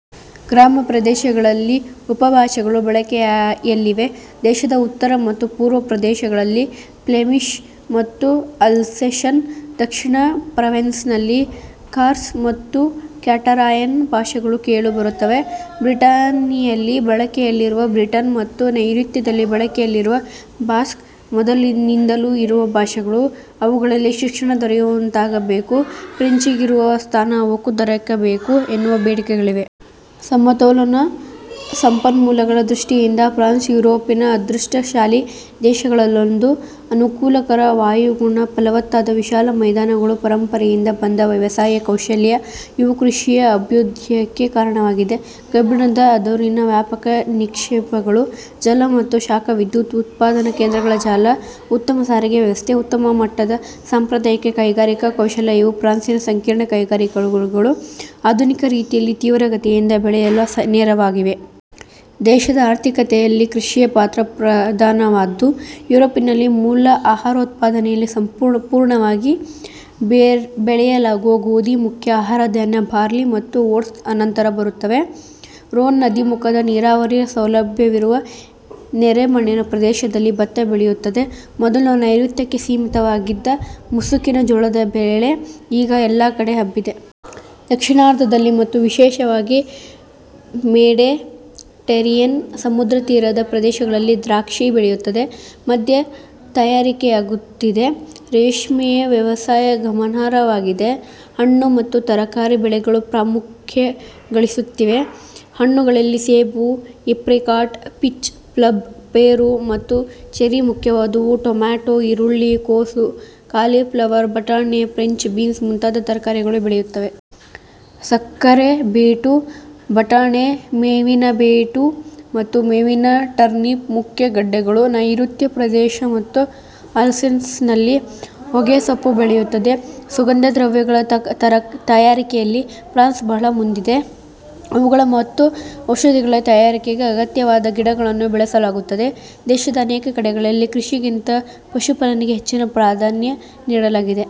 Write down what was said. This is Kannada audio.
ಗ್ರಾಮ ಪ್ರದೇಶಗಳಲ್ಲಿ ಉಪಭಾಷೆಗಳು ಬಳಕೆಯಲ್ಲಿವೆ. ದೇಶದ ಉತ್ತರ ಮತ್ತು ಪೂರ್ವ ಪ್ರದೇಶಗಳಲ್ಲಿ ಫ್ಲೆಮಿಷ್ ಮತ್ತು ಅಲ್ಸೇಷನ್ ದಕ್ಷಿಣ ಪ್ರಾವನ್ಸ್ನಲ್ಲಿಕಾರ್ಸ್ ಮತ್ತು ಕ್ಯಾಟರಾನ್ ಭಾಷೆಗಳು ಕೇಳುಬರುತ್ತವೆ. ಬ್ರಿಟನಿಯಲ್ಲಿ ಬಳಕೆಯಲ್ಲಿರುವ ಬ್ರಿಟನ್ ಮತ್ತು ನೈಋತ್ಯದಲ್ಲಿ ಬಳಕೆಯಲ್ಲಿರುವ ಬಾಸ್ಕ್ ಮೊದಲಿನಿಂದಲೂ ಇರುವ ಭಾಷೆಗಳು. ಅವುಗಳಲ್ಲಿ ಶಿಕ್ಷಣ ದೊರೆಯುವಂತಾಗಬೇಕು, ಫ್ರೆಂಚಿಗಿರುವ ಸ್ಥಾನ ಅವಕ್ಕೂ ದೊರಕಬೇಕು ಎನ್ನುವ ಬೇಡಿಕೆಗಳಿವೆ. ಸಮತೋಲ ಸಂಪನ್ಮೂಲಗಳ ದೃಷ್ಟಿಯಿಂದ ಫ್ರಾನ್ಸ್ ಯುರೋಪಿನ ಅದೃಷ್ಟ ಶಾಲಿ ದೇಶಗಳಲ್ಲೊಂದು. ಅನಕೂಲಕರ ವಾಯುಗುಣ, ಫಲವತ್ತಾದ ವಿಶಾಲ ಮೈದಾನಗಳು, ಪರಂಪರೆಯಿಂದ ಬಂದ ವ್ಯವಸಾಯ ಕೌಶಲ್ಯ ಇವು ಕೃಷಿಯ ಅಭ್ಯುದಯಕ್ಕೆ ಕಾರಣವಾಗಿದೇ. ಕಬ್ಬಿಣದ ಅದುರಿನ ವ್ಯಾಪಕ ನಿಕ್ಷೇಪಗಳು, ಜಲ ಮತ್ತು ಶಾಖ ವಿದ್ಯುತ್ ಉತ್ಪಾದನ ಕೇಂದ್ರಗಳ ಜಾಲ, ಉತ್ತಮ ಸಾರಿಗೆ ವ್ಯವಸ್ಥೆ, ಉತ್ತಮ ಮಟ್ಟದ ಸಾಂಪ್ರದಾಯಿಕ ಕೈಗಾರಿಕಾ ಕೌಶಲ ಇವು ಫ್ರಾನ್ಸಿನ ಸಂಕೀರ್ಣ ಕೈಗಾರಿಕೆಗಳು ಆಧುನಿಕ ರೀತಿಯಲ್ಲಿ ತೀವ್ರಗತಿಯಿಂದ ಬೆಳೆಯಲು ನೆರವಾಗಿವೆ. ದೇಶದ ಆರ್ಥಿಕತೆಯಲ್ಲಿ ಕೃಷಿಯ ಪಾತ್ರ ಪ್ರಧಾನವಾದ್ದು. ಯುರೋಪಿನಲ್ಲಿ ಮೂಲ ಆಹಾರೋತ್ಪಾದನೆಯಲ್ಲಿ ಸಂಪೂರ್ಣವಾಗಿ ಬೆಳೆಯಲಾಗುವ ಗೋಧಿ ಮುಖ್ಯ ಆಹಾರಧಾನ್ಯ, ಬಾರ್ಲಿ ಮತ್ತು ಓಟ್ಸ್ ಅನಂತರ ಬರುತ್ತವೆ. ರೋನ್ ನದೀಮುಖದ, ನೀರಾವರಿ ಸೌಲಭ್ಯವಿರುವ, ನೆರೆಮಣ್ಣಿನ ಪ್ರದೇಶದಲ್ಲಿ ಭತ್ತ ಬೆಳೆಯುತ್ತದೆ. ಮೊದಲು ನೈಋತ್ಯಕ್ಕೆ ಸೀಮಿತವಾಗಿದ್ದ ಮುಸುಕಿನ ಜೋಳದ ಬೆಳೆ ಈಗ ಎಲ್ಲ ಕಡೆಗೂ ಹಬ್ಬಿದೆ. ದಕ್ಷಿಣಾರ್ಧದಲ್ಲಿ ಮತ್ತು ವಿಶೇಷವಾಗಿ ಮೆಡೆಟರೇನಿಯನ್ ಸಮುದ್ರತೀರದ ಪ್ರದೇಶಗಳಲ್ಲಿ ದ್ರಾಕ್ಷಿ ಬೆಳೆಯುತ್ತದೆ. ಮದ್ಯ ತಯಾರಿಕೆಯಾಗುತ್ತಿದೆ. ರೇಷ್ಮೆಯ ವ್ಯವಸಾಯ ಗಮನಾರ್ಹವಾಗಿದೆ, ಹಣ್ಣು ಮತ್ತು ತರಕಾರಿ ಬೆಳೆಗಳು ಪ್ರಾಮುಖ್ಯಗಳಿಸುತ್ತಿವೆ. ಹಣ್ಣುಗಳಲ್ಲಿ ಸೇಬು, ಏಪ್ರಿಕಾಟ್, ಪೀಚ್, ಪ್ಲಬ ಪೇರು ಮತ್ತು ಚೆರಿ ಮುಖ್ಯವಾದವು. ಟೊಮೇಟೊ, ಈರುಳ್ಳಿ, ಕೋಸು, ಕಾಲಿಫ್ಲವರ್, ಬಟಾಣಿ, ಫ್ರೆಂಚ್ ಬೀನ್ಸ್ ಮುಂತಾದ ತರಕಾರಿಗಳು ಬೆಳೆಯುತ್ತವೆ. ಸಕ್ಕರೆಬೀಟು, ಬಟಾಟೆ, ಮೇವಿನಬೀಟು ಮತ್ತು ಮೇವಿನ ಟರ್ನಿಪ್ ಮುಖ್ಯ ಗಡ್ಡೆಗಳು. ನ್ಯೆಋತ್ಯ ಪ್ರದೇಶ ಮತ್ತು ಅಲ್ಸೇಸ್ನಲ್ಲಿ ಹೊಗೆಸೊಪ್ಪು ಬೆಳೆಯುತ್ತದೆ. ಸುಗಂಧ ದ್ರವ್ಯಗಳ ತಯಾರಿಕೆಯಲ್ಲಿ ಫ್ರಾನ್ಸ್ ಬಹಳ ಮುಂದಿದೆ. ಅವುಗಳ ಮತ್ತು ಔಷಧಿಗಳ ತಯಾರಿಕೆಗೆ ಅಗತ್ಯವಾದ ಗಿಡಗಳನ್ನು ಬೆಳೆಸಲಾಗುತ್ತದೆ. ದೇಶದ ಅನೇಕ ಕಡೆಗಳಲ್ಲಿ ಕೃಷಿಗಿಂತ ಪಶುಪಾಲನೆಗೆ ಹೆಚ್ಚಿನ ಪ್ರಾಧಾನ್ಯ ನೀಡಲಾಗಿದೆ.